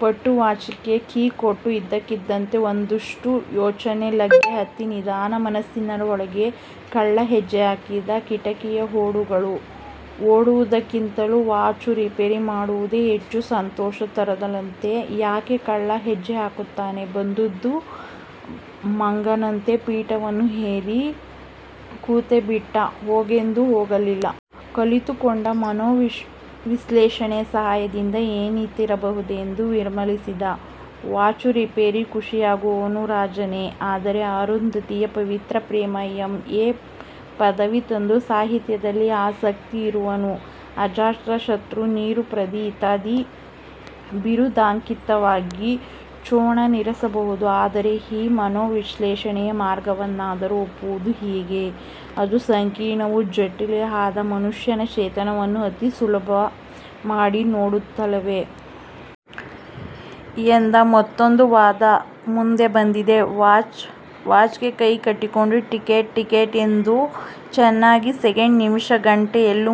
ಪಟ್ಟು ವಾಚಿಗೆ ಕೀ ಕೊಟ್ಟ. ಇದ್ದಕ್ಕಿದ್ದಂತೆ ಒಂದುದುಷ್ಟ ಯೋಚನೆ ಲಗ್ಗೆ ಹತ್ತಿ ನಿಧಾನ ಮನಸ್ಸಿನ ಒಳಗೆ ಕಳ್ಳ ಹೆಜ್ಜೆ ಹಾಕಿತು. "ಕೀಟ್ಸ್ಕವಿಯ 'ಓಡು'ಗಳನ್ನು ಓದುವುದಕ್ಕಿಂತಲೂ ವಾಚು ರಿಪೇರಿ ಮಾಡುವುದೇ ಹೆಚ್ಚು ಸಂತೋಷ ತರುತ್ತದಲ್ಲ, ಯಾಕೆ " ಕಳ್ಳ ಹೆಜ್ಜೆಹಾಕುತ್ತ ಬಂದುದು ಮಂಗನಂತೆ ಪೀಠವನ್ನೂ ಏರಿ ಕೂತೇಬಿಟ್ಟಿತು. ಹೋಗೆಂದರೂ ಹೋಗಲಿಲ್ಲ. ಕಲಿತುಕೊಂಡಿದ್ದ ಮನೋ ವಿಶ್ಲೇಷಣೆಯ ಸಹಾಯದಿಂದ ಏನಿರಬಹುದೆಂದು ವಿಮರ್ಶಿಸಿದ. "ವಾಚು ರಿಪೇರಿಯಲ್ಲಿ ಖುಷಿಯಾಗುವವನು ರಾಜಣ್ಣನೆ? ಆದರೆ ಅರುಂಧತಿಯ ಪವಿತ್ರ ಪ್ರೇಮದಲ್ಲಿ ಎಂ. ಎ. ಪದವಿ ತಂದ ಸಾಹಿತ್ಯದಲ್ಲಿ, ಆಸಕ್ತಿ ಇರುವವನು, ಅಜಾತಶತ್ರು, ನಿರುಪದ್ರವಿಇತ್ಯಾದಿ ಬಿರುದಾಂಕಿತನಾದ ಖೋಜಣ್ಣನಿರಬಹುದೆ?" ಆದರೆ ಈ ಮನೋವಿಶ್ಲೇಷಣೆಯ ಮಾರ್ಗವನ್ನಾದರೂ ಒಪ್ಪುವುದು ಹೇಗೆ? ಅದು ಸಂಕೀರ್ಣವೂ ಜಟಿಲವೂ ಆದ ಮನುಷ್ಯ ಚೇತನವನ್ನು ಅತಿ ಸುಲಭ ಮಾಡಿ ನೋಡುತ್ತದಲ್ಲವೆ? – ಎಂದು ಮತ್ತೊಂದು ವಾದ ಮುಂದೆ ಬಂದಿತು. ವಾಚನ್ನು ಕೈಗೆ ಕಟ್ಟಿಕೊಂಡ. 'ಟಿಕ್ ಟಿಕ್' ಎಂದು ಅದು ಚೆನ್ನಾಗಿ ಸೆಕೆಂಡು ನಿಮಿಷ ಗಂಟೆ ಎಲ್ಲ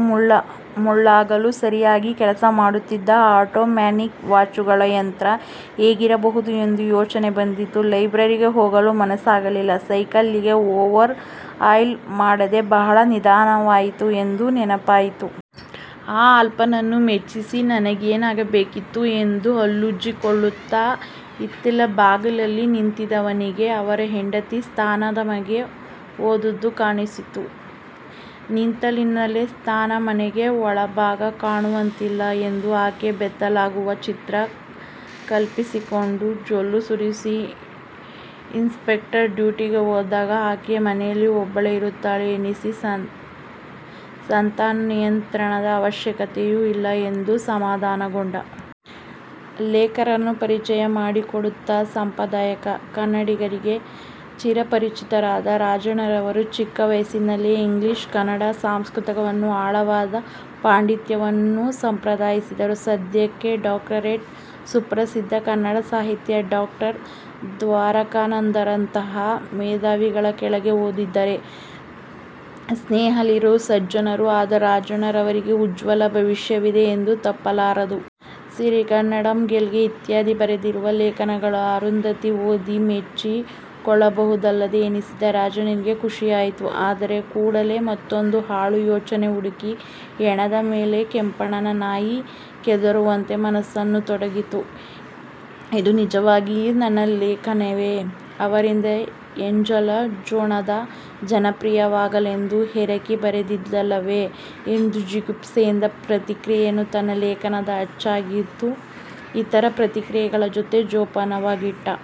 ಮುಳ್ಳುಗಳಲ್ಲೂ ಸರಿಯಾಗಿ ಕೆಲಸಮಾಡುತ್ತಿತ್ತು. ಆಟೋ ಮ್ಯಾಟಿಕ್ ವಾಚುಗಳ ಯಂತ್ರ ಹೇಗಿರಬಹುದು ಎಂಬ ಯೋಚನೆ ಬಂದಿತು. ಲೈಬ್ರರಿಗೆ ಹೋಗಲು ಮನಸ್ಸಾಗಲಿಲ್ಲ. ಸೈಕಲ್ಲಿಗೆ ಓವರ್ ಆಯಿಲ್ ಮಾಡದೆ ಬಹಳ ದಿನವಾಯಿತು ಎಂದು ನೆನಪಾಯಿತು. ಆ ಅಲ್ಪನನ್ನು ಮೆಚ್ಚಿಸಿ ನನಗೇನಾಗಬೇಕಾಗಿದೆ ಎಂದು ಹಲ್ಲುಜ್ಜಿಕೊಳ್ಳುತ್ತ ಹಿತ್ತಿಲ ಬಾಗಲಲ್ಲಿ ನಿಂತಿದ್ದವನಿಗೆ ಅವರ ಹೆಂಡತಿ ಸ್ನಾನದ ಮನೆಗೆ ಹೋದುದು ಕಾಣಿಸಿತು. ನಿಂತಲ್ಲಿಂದಲೇ ಸ್ನಾನದ ಮನೆಯ ಒಳಭಾಗ ಕಾಣುವಂತಿದ್ದರೆ ಎಂದು ಆಕೆ ಬೆತ್ತಲೆಯಾಗುವ ಚಿತ್ರ ಕಲ್ಪಿಸಿಕೊಂಡು ಜೊಲ್ಲು ಸುರಿಸಿದ. ಇನ್ಸ್ಪೆಕ್ಟರರು ಡ್ಯೂಟಿಗೆ ಹೋದಾಗ ಆಕೆ ಮನೆಯಲ್ಲಿ ಒಬ್ಬಳೇ ಇರುತ್ತಾಳೆ ಎನ್ನಿಸಿ ಸಂತಾನ ನಿಯಂತ್ರಣದ ಅವಶ್ಯಕತೆಯೂ ಇಲ್ಲ ಎಂದು ಸಮಾಧಾನಗೊಂಡ. ಲೇಖಕರನ್ನು ಪರಿಚಯ ಮಾಡಿಕೊಡುತ್ತ ಸಂಪಾದಕರು, "ಕನ್ನಡಿಗರಿಗೆ ಚಿರಪರಿಚಿತರಾದ ರಾಜಣ್ಣನವರು ಚಿಕ್ಕ ವಯಸ್ಸಿನಲ್ಲಿಯೇ ಇಂಗ್ಲಿಷ್ ಕನ್ನಡ ಸಂಸ್ಕೃತಗಳಲ್ಲಿ ಆಳವಾದ ಪಾಂಡಿತ್ಯವನ್ನು ಸಂಪಾದಿಸಿದ್ದಾರೆ ಸದ್ಯಕ್ಕೆ ಡಾಕ್ಟರೇಟ್ಗೆ ಸುಪ್ರಸಿದ್ಧ ಕನ್ನಡ ಸಾಹಿತಿ ಡಾಕ್ಟರ್ ದ್ವಾರಕಾನಾಥರಂತಹ ಮೇಧಾವಿಗಳ ಕೆಳಗೆ ಓದುತ್ತಿದ್ದಾರೆ ಸ್ನೇಹಶೀಲರೂ ಸಜ್ಜನರೂ ಆದ ರಾಜಣ್ಣನವರಿಗೆ ಉಜ್ವಲ ಭವಿಷ್ಯವಿದೆ ಎಂದರೆ ತಪ್ಪಾಗಲಾರದು. ಸಿರಿಗನ್ನಡಂಗೆಲ್ಗೆ ' ಇತ್ಯಾದಿ ಬರೆದಿದ್ದರು. ಲೇಖನವನ್ನು ಅರುಂಧತಿ ಓದಿ ಮೆಚ್ಚಿ ಕೊಳ್ಳಬಹುದಲ್ಲವೆ ಎನ್ನಿಸಿ ರಾಜಣ್ಣನಿಗೆ ಖುಷಿಯಾಯಿತು. ಆದರೆ ಕೂಡಲೇ ಮತ್ತೊಂದು ಹಾಳು ಯೋಚನೆ ಹುಗಿದ ಹೆಣದ ಮೇಲಿನ ಕೆಮ್ಮಣ್ಣನ್ನು ನಾಯಿ ಕೆದರುವಂತೆ ಮನಸ್ಸನ್ನು ತೋಡಿತು. "ಇದು ನಿಜವಾಗಿ ನನ್ನ ಲೇಖನವೆ? ಅವರಿವರ ಎಂಜಲನ್ನು ಖೋಜಣ್ಣ ಜನಪ್ರಿಯವಾಗಲೆಂದು ಹೆರಕಿ ಬರೆದಿದ್ದಲ್ಲವೆ" ಎಂದು ಜಿಗುಪ್ಸೆಯಾಗಿ ಪತ್ರಿಕೆಯನ್ನು ತನ್ನ ಲೇಖನಗಳನ್ನು ಅಚ್ಚಾಗಿದ್ದ ಇತರ ಪತ್ರಿಕೆಗಳ ಜೊತೆ ಜೋಪಾನವಾಗಿಟ್ಟ.